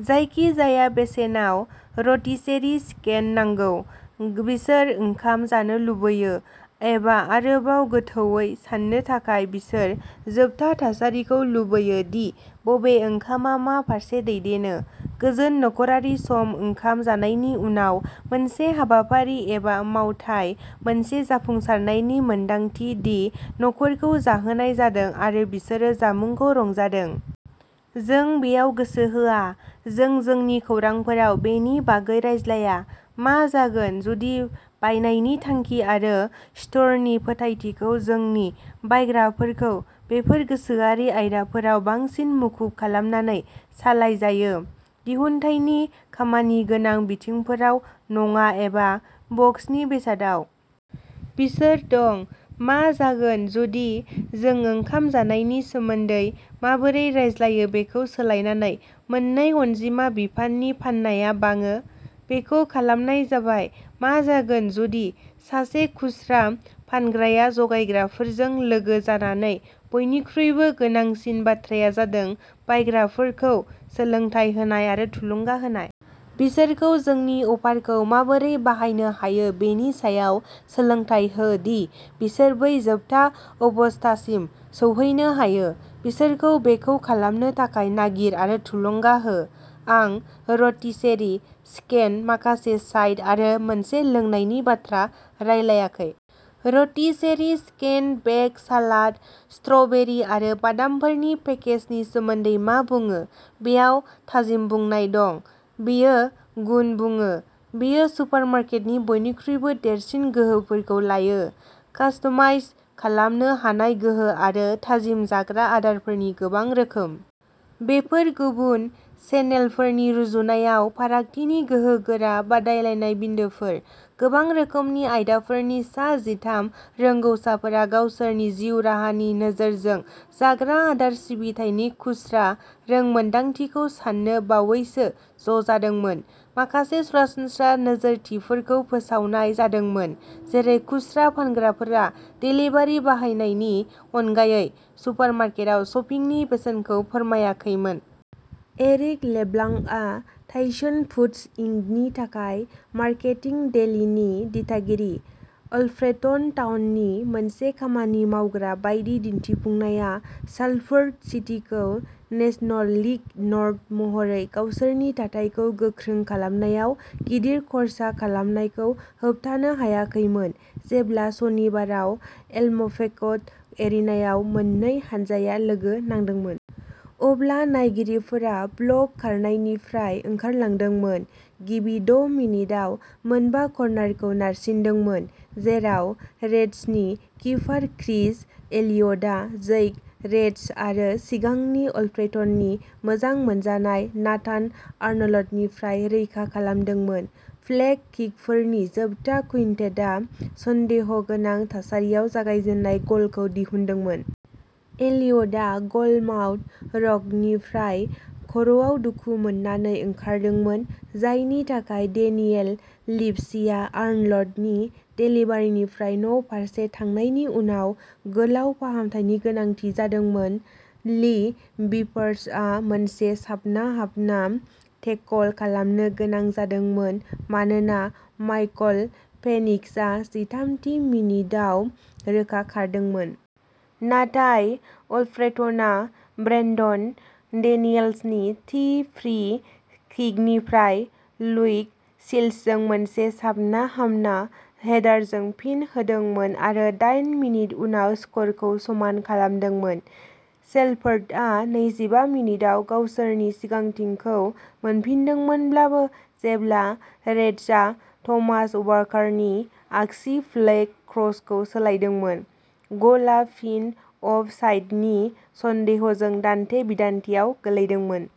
जायखिजाया बेसेनाव rotisserie chicken नांगौ। बिसोर ओंखाम जानो लुबैयो एबा आरोबाव गोथौवै साननो थाखाय बिसोर जोबथा थासारिखौ लुबैयो दि बबे ओंखामआ मा फारसे दैदेनो। गोजोन नखरारि सम ओंखाम जानायनि उनाव मोनसे हाबाफारि एबा मावथाय मोनसे जाफुंसारनायनि मोनदांथि दि न'खरखौ जाहोनाय जादों आरो बिसोरो जामुंखौ रंजादों। जों बेयाव गोसो होआ। जों जोंनि खौरांफोराव बेनि बागै रायज्लाया। मा जागोन जुदि बायनायनि थांखि आरो स्ट'रनि फोथायथिखौ जोंनि बायग्राफोरखौ बेफोर गोसोआरि आयदाफोराव बांसिन मुखुब खालामनानै सालायजायो। दिहुनथायनि खामानिगोनां बिथिंफोराव नङा एबा बक्सनि बेसादआव? बिसोर दं। मा जागोन जुदि जों ओंखाम जानायनि सोमोन्दै माबोरै रायज्लायो बेखौ सोलायनानै मोननै अनजिमा बिफाननि फाननाया बाङो? बेखौ खालामनाय जाबाय। मा जागोन जुदि सासे खुस्रा फानग्राया जगायग्राफोरजों लोगो जानानै बयनिख्रुइबो गोनांसिन बाथ्राया जादों बायग्राफोरखौ सोलोंथाय होनाय आरो थुलुंगा होनाय? बिसोरखौ जोंनि अफारखौ माबोरै बाहायनो हायो बेनि सायाव सोलोंथाय हो दि बिसोर बै जोबथा अबस्थासिम सौहैनो हायो। बिसोरखौ बेखौ खालामनो थाखाय नागिर आरो थुलुंगा हो। आं रटिसेरि चिकेन माखासे साइड आरो मोनसे लोंनायनि बाथ्रा रायलायाखै। Rotisserie chicken, bag salad, strawberry आरो बादामफोरनि पेकेजनि सोमोन्दै मा बुङो? बेयाव थाजिम बुंनाय दं। बेयो गुन बुङो। बेयो सुपारमार्केटनि बयनिख्रुइबो देरसिन गोहोफोरखौ लायो। कास्टमाइज खालामनो हानाय गोहो आरो थाजिम जाग्रा आदारफोरनि गोबां रोखोम। बेफोर गुबुन चेनेलफोरनि रुजुनायाव फारागथिनि गोहोगोरा बादायलायनाय बिन्दोफोर। गोबां रोखोमनि आयदाफोरनि सा जिथाम रोंग'साफोरा गावसोरनि जिउ राहानि नोजोरजों जाग्रा आदार सिबिथायनि खुस्रा रोंमोनदांथिखौ सान्नो बावैसो ज'जादोंमोन। माखासे सरासनस्रा नोजोरथिफोरखौ फोसावनाय जादोंमोन। जेरै खुस्रा फानग्राफोरा डेलिभारि बाहायनायनि अनगायै सुपारमार्केटआव शपिंनि बेसेनखौ फोरमायाखैमोन। एरिक लेब्लांकआ टाइसन फुड्स इंकनि थाखाय मार्केटिं डेलीनि दिथागिरि। अल्फ्रेटन टाउननि मोनसे खामानि मावग्रा बायदि दिन्थिफुंनाया सालफोर्ड सिटीखौ नेशनल लीग नर्थ महरै गावसोरनि थाथायखौ गोख्रों खालामनायाव गिदिर खर्सा खालामनायखौ होबथानो हायाखैमोन। जेब्ला सनिबाराव एलम्पेक्ट एरिनाआव मोननै हानजाया लोगो नांदोंमोन। अब्ला नायगिरिफोरा ब्लक खारनायनिफ्राय ओंखारलांदोंमोन। गिबि द' मिनिटआव मोनबा कर्नारखौ नारसिनदोंमोन। जेराव रेड्सनि किपार क्रिस इलियटआ जैक रेडश' आरो सिगांनि अल्फ्रेटननि मोजां मोनजानाय नाथान आर्नल्डनिफ्राय रैखा खालामदोंमोन। फ्लेग किकफोरनि जोबथा कुइन्टेटआ सन्देहगोनां थासारियाव जागायजेननाय गलखौ दिहुनदोंमोन। इलियटआ गलमाउथ रकनिफ्राय खर'आव दुखु मोननानै ओंखारदोंमोन। जायनि थाखाय डेनियेल लिभसीआ आर्नल्डनि डेलिभारीनिफ्राय न'फारसे थांनायनि उनाव गोलाव फाहामथायनि गोनांथि जादोंमोन। ली बिभार्सआ मोनसे साबना-हामना टेकल खालामनो गोनां जादोंमोन मानोना माइकल फेनिक्सआ जिथाम थि मिनिटआव रोखा खारदोंमोन। नाथाय अल्फ्रेटनआ ब्रेनडन डेनियल्सनि थि फ्री किकनिफ्राय ल्यूक शिल्सजों मोनसे साबना हामना हेडारजों फिन होदोंमोन आरो दाइन मिनिट उनाव स्करखौ समान खालामदोंमोन। सेलफोर्डआ नैजिबा मिनिटआव गावसोरनि सिगांथिखौ मोनफिनदोंमोनब्लाबो जेब्ला रेडश'आ थमास वाकारनि आगसि फ्लेंक क्रसखौ सोलायदोंमोन। गलआ फिन अफ साइडनि सन्देहजों दान्थे-बिदान्थेयाव गोलैदोंमोन।